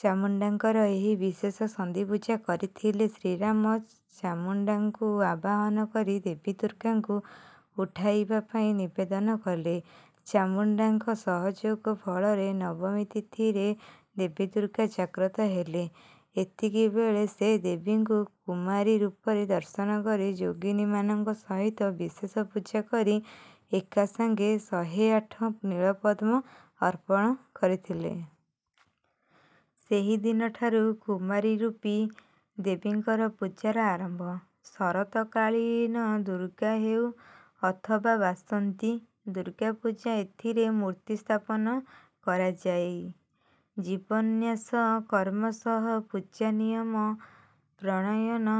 ଚାମୁଣ୍ଡାଙ୍କର ଏହି ବିଶେଷ ସନ୍ଧିପୂଜା କରିଥିଲେ। ଶ୍ରୀରାମ ଚାମୁଣ୍ଡାଙ୍କୁ ଆବାହନ କରି ଦେବୀ ଦୁର୍ଗାଙ୍କୁ ଉଠାଇବା ପାଇଁ ନିବେଦନ କଲେ। ଚାମୁଣ୍ଡାଙ୍କ ସହଯୋଗ ଫଳରେ ନବମୀ ତିଥିରେ ଦେବୀ ଦୁର୍ଗା ଜାଗ୍ରତ ହେଲେ। ଏତିକିବେଳେ ସେ ଦେବୀଙ୍କୁ କୁମାରୀ ରୂପରେ ଦର୍ଶନ କରି ଯୋଗିନୀମାନଙ୍କ ସହିତ ବିଶେଷ ପୂଜା କରି ଏକାସାଙ୍ଗେ ଶହେଆଠ ନୀଳପଦ୍ମ ଅର୍ପଣ କରିଥିଲେ। ସେହି ଦିନଠାରୁ କୁମାରୀ ରୂପୀ ଦେବୀଙ୍କର ପୂଜାର ଆରମ୍ଭ। ଶରତକାଳୀନ ଦୁର୍ଗା ହେଉ ଅଥବା ବାସନ୍ତି ଦୁର୍ଗାପୂଜା ଏଥିରେ ମୂର୍ତ୍ତି ସ୍ଥାପନ କରାଯାଇ ଜୀବନ୍ୟାସ କର୍ମ ସହ ପୂଜା ନିୟମ ପ୍ରଣୟନ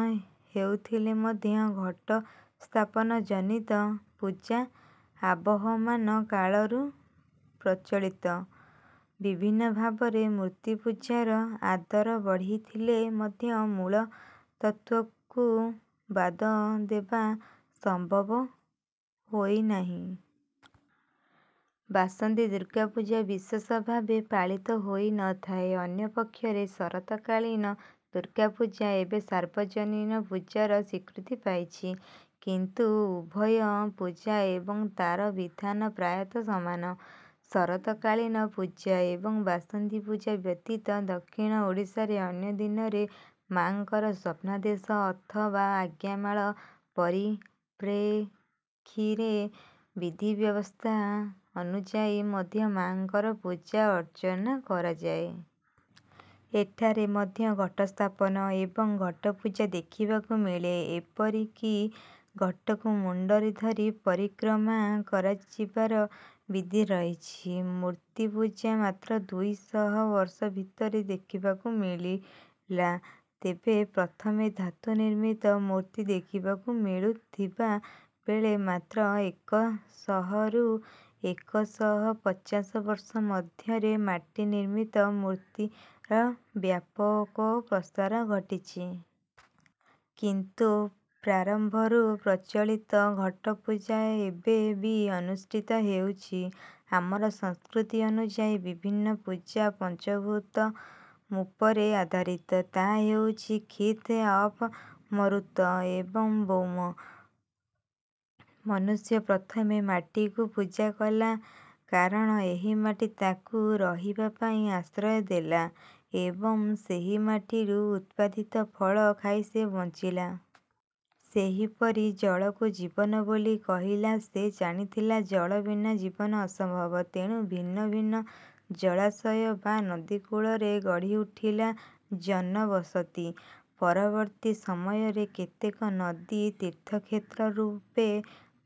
ହେଉଥିଲେ ମଧ୍ୟ ଘଟସ୍ଥାପନ ଜନିତ ପୂଜା ଆବହମାନ କାଳରୁ ପ୍ରଚଳିତ। ବିଭିନ୍ନ ଭାବରେ ମୂର୍ତ୍ତିପୂଜାର ଆଦର ବଢିଥିଲେ ମଧ୍ୟ ମୂଳ ତତ୍ତ୍ୱକୁ ବାଦ ଦେବା ସମ୍ଭବ ହୋଇନାହିଁ। ବାସନ୍ତୀ ଦୁର୍ଗାପୂଜା ବିଶେଷ ଭାବେ ପାଳିତ ହୋଇ ନ ଥାଏ। ଅନ୍ୟପକ୍ଷରେ ଶରତକାଳୀନ ଦୁର୍ଗାପୂଜା ଏବେ ସାର୍ବଜନୀନ ପୂଜାର ସ୍ୱୀକୃତି ପାଇଛି କିନ୍ତୁ ଉଭୟ ପୂଜା ଏବଂ ତାର ବିଧାନ ପ୍ରାୟତଃ ସମାନ। ଶରତକାଳୀନ ପୂଜା ଏବଂ ବାସନ୍ତୀପୂଜା ବ୍ୟତୀତ ଦକ୍ଷିଣ ଓଡ଼ିଶାରେ ଅନ୍ୟ ଦିନରେ ମାଙ୍କର ସ୍ୱପ୍ନାଦେଶ ଅଥବା ଆଜ୍ଞାମାଳ ପରିପ୍ରେକ୍ଷୀରେ ବିଧିବ୍ୟବସ୍ଥା ଅନୁଯାୟୀ ମଧ୍ୟ ମାଙ୍କର ପୂଜା ଅର୍ଚ୍ଚନା କରାଯାଏ। ଏଠାରେ ମଧ୍ୟ ଘଟ ସ୍ଥାପନ ଏବଂ ଘଟପୂଜା ଦେଖିବାକୁ ମିଳେ ଏପରିକି ଘଟକୁ ମୁଣ୍ଡରେ ଧରି ପରିକ୍ରମା କରାଯିବାର ବିଧି ରହିଛି। ମୂର୍ତ୍ତିପୂଜା ମାତ୍ର ଦୁଇ ଶହ ବର୍ଷ ଭିତରେ ଦେଖିବାକୁ ମିଳିଲା। ତେବେ ପ୍ରଥମେ ଧାତୁ ନିର୍ମିତ ମୂର୍ତ୍ତି ଦେଖିବାକୁ ମିଳୁଥିବା ବେଳେ ମାତ୍ର ଏକ ଶହରୁ ଏକ ଶହ ପଚାଶ ବର୍ଷ ମଧ୍ୟରେ ମାଟି ନିର୍ମିତ ମୂର୍ତ୍ତିର ବ୍ୟାପକ ପ୍ରସାର ଘଟିଛି। କିନ୍ତୁ ପ୍ରାରମ୍ଭରୁ ପ୍ରଚଳିତ ଘଟପୂଜା ଏବେ ବି ଅନୁଷ୍ଠିତ ହେଉଛି। ଆମର ସଂସ୍କୃତି ଅନୁଯାୟୀ ବିଭିନ୍ନ ପୂଜା ପଞ୍ଚଭୂତ ଉପରେ ଆଧାରିତ। ତାହା ହେଉଛି କ୍ଷିତ୍ ଅପ୍ ମରୁତ୍ ଏବଂ ବ୍ୟୋମ୍। ମନୁଷ୍ୟ ପ୍ରଥମେ ମାଟିକୁ ପୂଜାକଲା। କାରଣ ଏହି ମାଟି ତାକୁ ରହିବା ପାଇଁ ଆଶ୍ରୟ ଦେଲା ଏବଂ ସେହିମାଟିରୁ ଉତ୍ପାଦିତ ଫଳ ଖାଇ ସେ ବଞ୍ଚିଲା। ସେହିପରି ଜଳ କୁ ଜୀବନ ବୋଲି କହିଲା। ସେ ଜାଣିଥିଲା ଜଳ ବିନା ଜୀବନ ଅସମ୍ଭବ। ତେଣୁ ଭିନ୍ନ ଭିନ୍ନ ଜଳାଶୟ ବା ନଦୀକୂଳରେ ଗଢିଉଠିଲା ଜନବସତି। ପରବର୍ତ୍ତୀ ସମୟରେ କେତେକ ନଦୀ ତୀର୍ଥକ୍ଷେତ୍ର ରୂପେ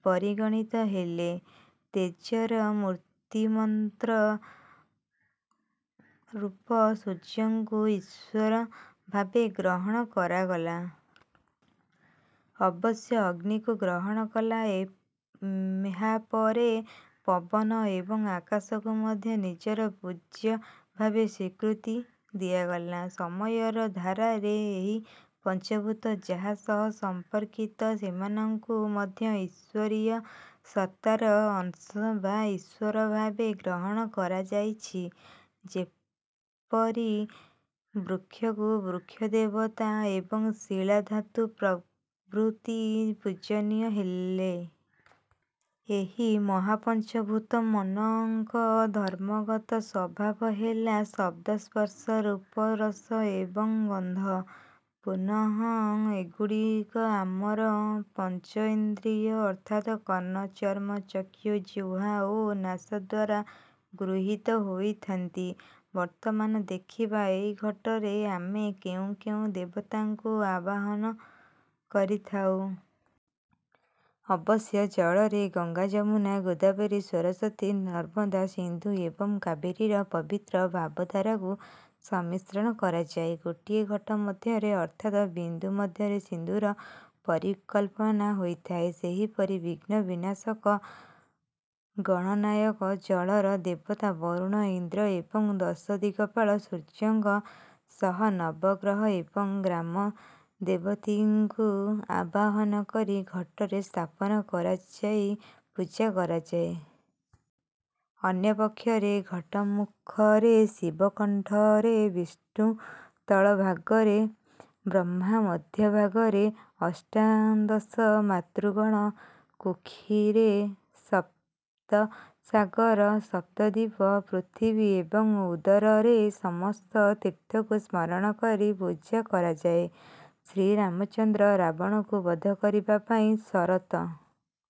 ପରିଗଣିତ ହେଲେ। ତେଜର ମୂର୍ତ୍ତିମନ୍ତ ରୂପ ସୂର୍ଯ୍ୟଙ୍କୁ ଈଶ୍ୱର ଭାବେ ଗ୍ରହଣ କରାଗଲା। ଅବଶ୍ୟ ଅଗ୍ନିକୁ ଗ୍ରହଣ କଲା ଏହାପରେ। ପବନ ଏବଂ ଆକାଶ କୁ ମଧ୍ୟ ନିଜର ପୂଜ୍ୟ ଭାବେ ସ୍ୱୀକୃତି ଦିଆଗଲା। ସମୟର ଧାରାରେ ଏହି ପଞ୍ଚଭୂତ ଯାହା ସହ ସମ୍ପର୍କିତ ସେମାନଙ୍କୁ ମଧ୍ୟ ଈଶ୍ୱରୀୟ ସତ୍ତାର ଅଂଶ ବା ଈଶ୍ୱର ଭାବେ ଗ୍ରହଣ କରାଯାଇଛି। ଯେପରି ବୃକ୍ଷକୁ ବୃକ୍ଷଦେବତା ଏବଂ ଶିଳା ଧାତୁ ପ୍ରଭୃତି ପୂଜନୀୟ ହେଲେ। ଏହି ମହାପଞ୍ଚଭୂତମନଙ୍କ ଧର୍ମଗତ ସ୍ୱଭାବ ହେଲା ଶବ୍ଦ ସ୍ପର୍ଶ ରୂପ ରସ ଏବଂ ଗନ୍ଧ। ପୁନଃ ଏଗୁଡ଼ିକ ଆମର ପଞ୍ଚଇନ୍ଦ୍ରୀୟ ଅର୍ଥାତ୍ କର୍ଣ୍ଣ ଚର୍ମ ଚକ୍ଷୁ ଜିହ୍ୱା ଓ ନାସାଦ୍ୱାରା ଗୃହିତ ହୋଇଥାନ୍ତି। ବର୍ତ୍ତମାନ ଦେଖିବା ଏହି ଘଟରେ ଆମେ କେଉଁ କେଉଁ ଦେବତାଙ୍କୁ ଆବାହନ କରିଥାଉ। ଅବଶ୍ୟ ଜଳରେ ଗଙ୍ଗା ଯମୁନା ଗୋଦାବରୀ ସରସ୍ୱତୀ ନର୍ମଦା ସିନ୍ଧୁ ଏବଂ କାବେରୀର ପବିତ୍ର ଭାବଧାରାକୁ ସମ୍ମିଶ୍ରଣ କରାଯାଏ। ଗୋଟିଏ ଘଟ ମଧ୍ୟରେ ଅର୍ଥାତ ବିନ୍ଦୁ ମଧ୍ୟରେ ସିନ୍ଧୁର ପରିକଳ୍ପନା ହୋଇଥାଏ। ସେହିପରି ବିଘ୍ନ ବିନାଶକ ଗଣନାୟକ ଜଳର ଦେବତା ବରୁଣ ଇନ୍ଦ୍ର ଏବଂ ଦଶଦିଗପାଳ ସୂର୍ଯ୍ୟଙ୍କ ସହ ନବଗ୍ରହ ଏବଂ ଗ୍ରାମଦେବତୀଙ୍କୁ ଆବାହନ କରି ଘଟରେ ସ୍ଥାପନା କରାଯାଇ ପୂଜା କରାଯାଏ। ଅନ୍ୟ ପକ୍ଷରେ ଘଟ ମୁଖରେ ଶିବ କଣ୍ଠରେ ବିଷ୍ଣୁ ତଳ ଭାଗରେ ବ୍ରହ୍ମା ମଧ୍ୟଭାଗରେ ଅଷ୍ଟାଦଶ ମାତୃଗଣ କୁକ୍ଷୀରେ ସପ୍ତସାଗର ସପ୍ତଦ୍ୱୀପ ପୃଥିବୀ ଏବଂ ଉଦରରେ ସମସ୍ତ ତୀର୍ଥକୁ ସ୍ମରଣ କରି ପୂଜା କରାଯାଏ। ଶ୍ରୀରାମଚନ୍ଦ୍ର ରାବଣଙ୍କୁ ବଧ କରିବା ପାଇଁ ଶରତ